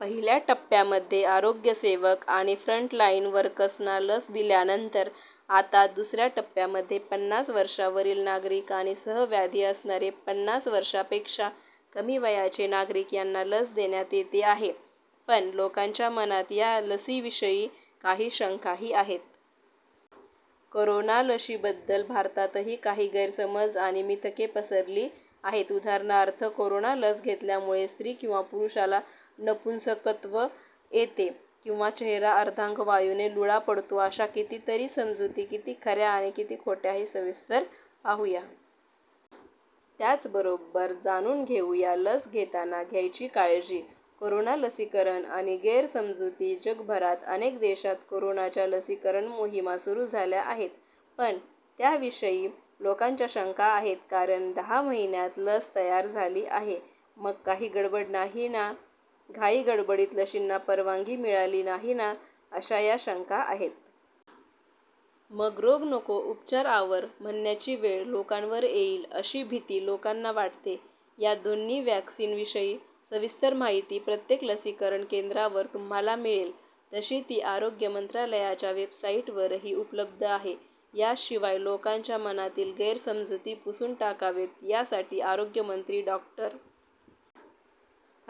पहिल्या टप्प्यामध्ये आरोग्यसेवक आणि फ्रंटलाईन वर्कर्सना लस दिल्यानंतर आता दुसऱ्या टप्प्यामध्ये पन्नास वर्षांवरील नागरिक आणि सहव्याधी असणारे पन्नास वर्षांपेक्षा कमी वयाचे नागरिक यांना लस देण्यात येते आहे. पण लोकांच्या मनात या लशीविषयी काही शंकाही आहेत. कोरोनाच्या लशीबद्दल भारतातही काही गैरसमज आणि मिथके पसरली आहेत. उदाहरणार्थ, कोरोना लस घेतल्यामुळे स्त्री किंवा पुरुषाला नपुंसकत्व येते किंवा चेहरा अर्धांगवायूने लुळा पडतो, अशा कितीतरी समजुती किती खऱ्या आणि किती खोट्या हे सविस्तर पाहूया. त्याचबरोबर जाणून घेऊया लस घेताना घ्यायची काळजी. कोरोना लसीकरण आणि गैरसमजुती जगभरात अनेक देशांत कोरोनाच्या लसीकरण मोहिमा सुरू झाल्या आहेत. पण, त्याविषयीही लोकांच्या शंका आहेत. कारण, दहा महिन्यांत लस तयार झाली आहे. मग काही गडबड नाही ना, घाईगडबडीत लशींना परवानगी मिळाली नाही ना, अशा या शंका आहेत. मग 'रोग नको, उपचार आवर' म्हणण्याची वेळ लोकांवर येईल अशी भीती लोकांना वाटते. या दोन्ही व्हॅक्सिनविषयी सविस्तर माहिती प्रत्येक लसीकरण केंद्रावर तुम्हाला मिळेल. तशी ती आरोग्य मंत्रालयाच्या वेबसाईटवरही उपलब्ध आहे. याशिवाय लोकांच्या मनातील गैरसमजुती पुसून टाकाव्यात यासाठी आरोग्यमंत्री डॉ.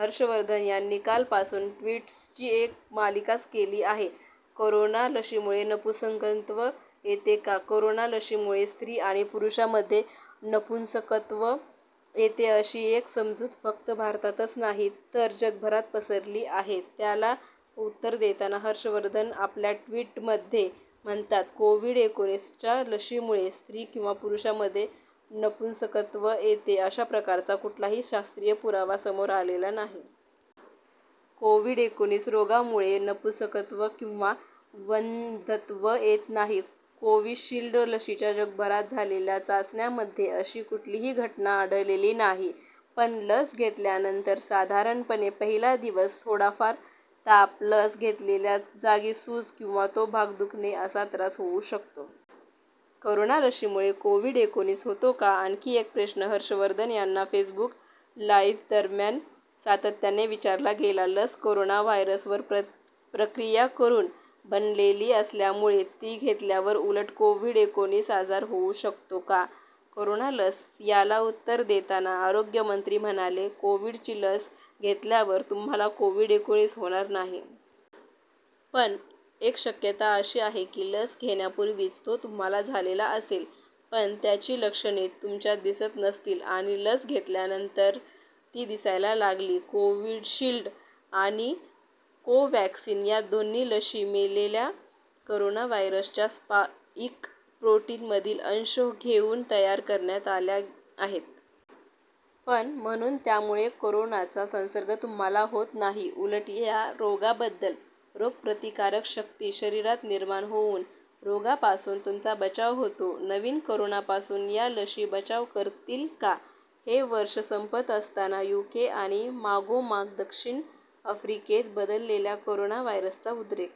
हर्षवर्धन यांनी कालपासून ट्वीट्सची एक मालिकाच केली आहे. कोरोना लशीमुळे नपुंसकत्व येते का? कोरोना लशीमुळे स्त्री आणि पुरुषांमध्ये नपुंसकत्व येते अशी एक समजूत फक्त भारतातच नाही तर जगभरात पसरली आहे. त्याला उत्तर देताना, हर्षवर्धन आपल्या ट्वीटमध्ये म्हणतात, 'कोव्हिड एकोणीसच्या लशीमुळे स्त्री किंवा पुरुषांमध्ये नपुंसकत्व येते अशा प्रकारचा कुठलाही शास्त्रीय पुरावा समोर आलेला नाही. कोव्हिड एकोणीस रोगामुळेही नपुंसकत्व किंवा वंध्यत्व येत नाही.' कोविशिल्ड लशीच्या जगभरात झालेल्या चाचण्यांमध्ये अशी कुठलीही घटना आढळलेली नाही. पण, लस घेतल्यानंतर साधारणपणे पहिला दिवस थोडाफार ताप, लस घेतलेल्या जागी सूज किंवा तो भाग दुखणे असा त्रास होऊ शकतो. कोरोना लशीमुळे कोव्हिड एकोणीस होतो का? आणखी एक प्रश्न हर्षवर्धन यांना फेसबुक लाईव्हदरम्यान सातत्याने विचारला गेला. लस कोरोना व्हायरसवर प्रक्रिया करून बनलेली असल्यामुळे ती घेतल्यावर उलट कोव्हिड एकोणीस आजार होऊ शकतो का? कोरोना लस याला उत्तर देताना आरोग्यमंत्री म्हणाले, "कोव्हिडची लस घेतल्यावर तुम्हाला कोव्हिड एकोणीस होणार नाही. पण, एक शक्यता अशी आहे की, लस घेण्यापूर्वीच तो तुम्हाला झालेला असेल. पण, त्याची लक्षणे तुमच्यात दिसत नसतील आणि लस घेतल्यानंतर ती दिसायला लागली." कोविशिल्ड आणि कोवॅक्सिन या दोन्ही लशी मेलेल्या कोरोना व्हायरसच्या स्पाईक प्रोटीनमधील अंश घेऊन तयार करण्यात आल्या आहेत. पण, म्हणून त्यामुळे कोरोनाचा संसर्ग तुम्हाला होत नाही. उलट या रोगाबद्दल रोगप्रतिकारक शक्ती शरीरात निर्माण होऊन रोगापासून तुमचा बचाव होतो. नवीन कोरोनापासून या लशी बचाव करतील का? हे वर्ष संपत असताना युके आणि मागोमाग दक्षिण आफ्रिकेत बदललेल्या कोरोना व्हायरसचा उद्रेक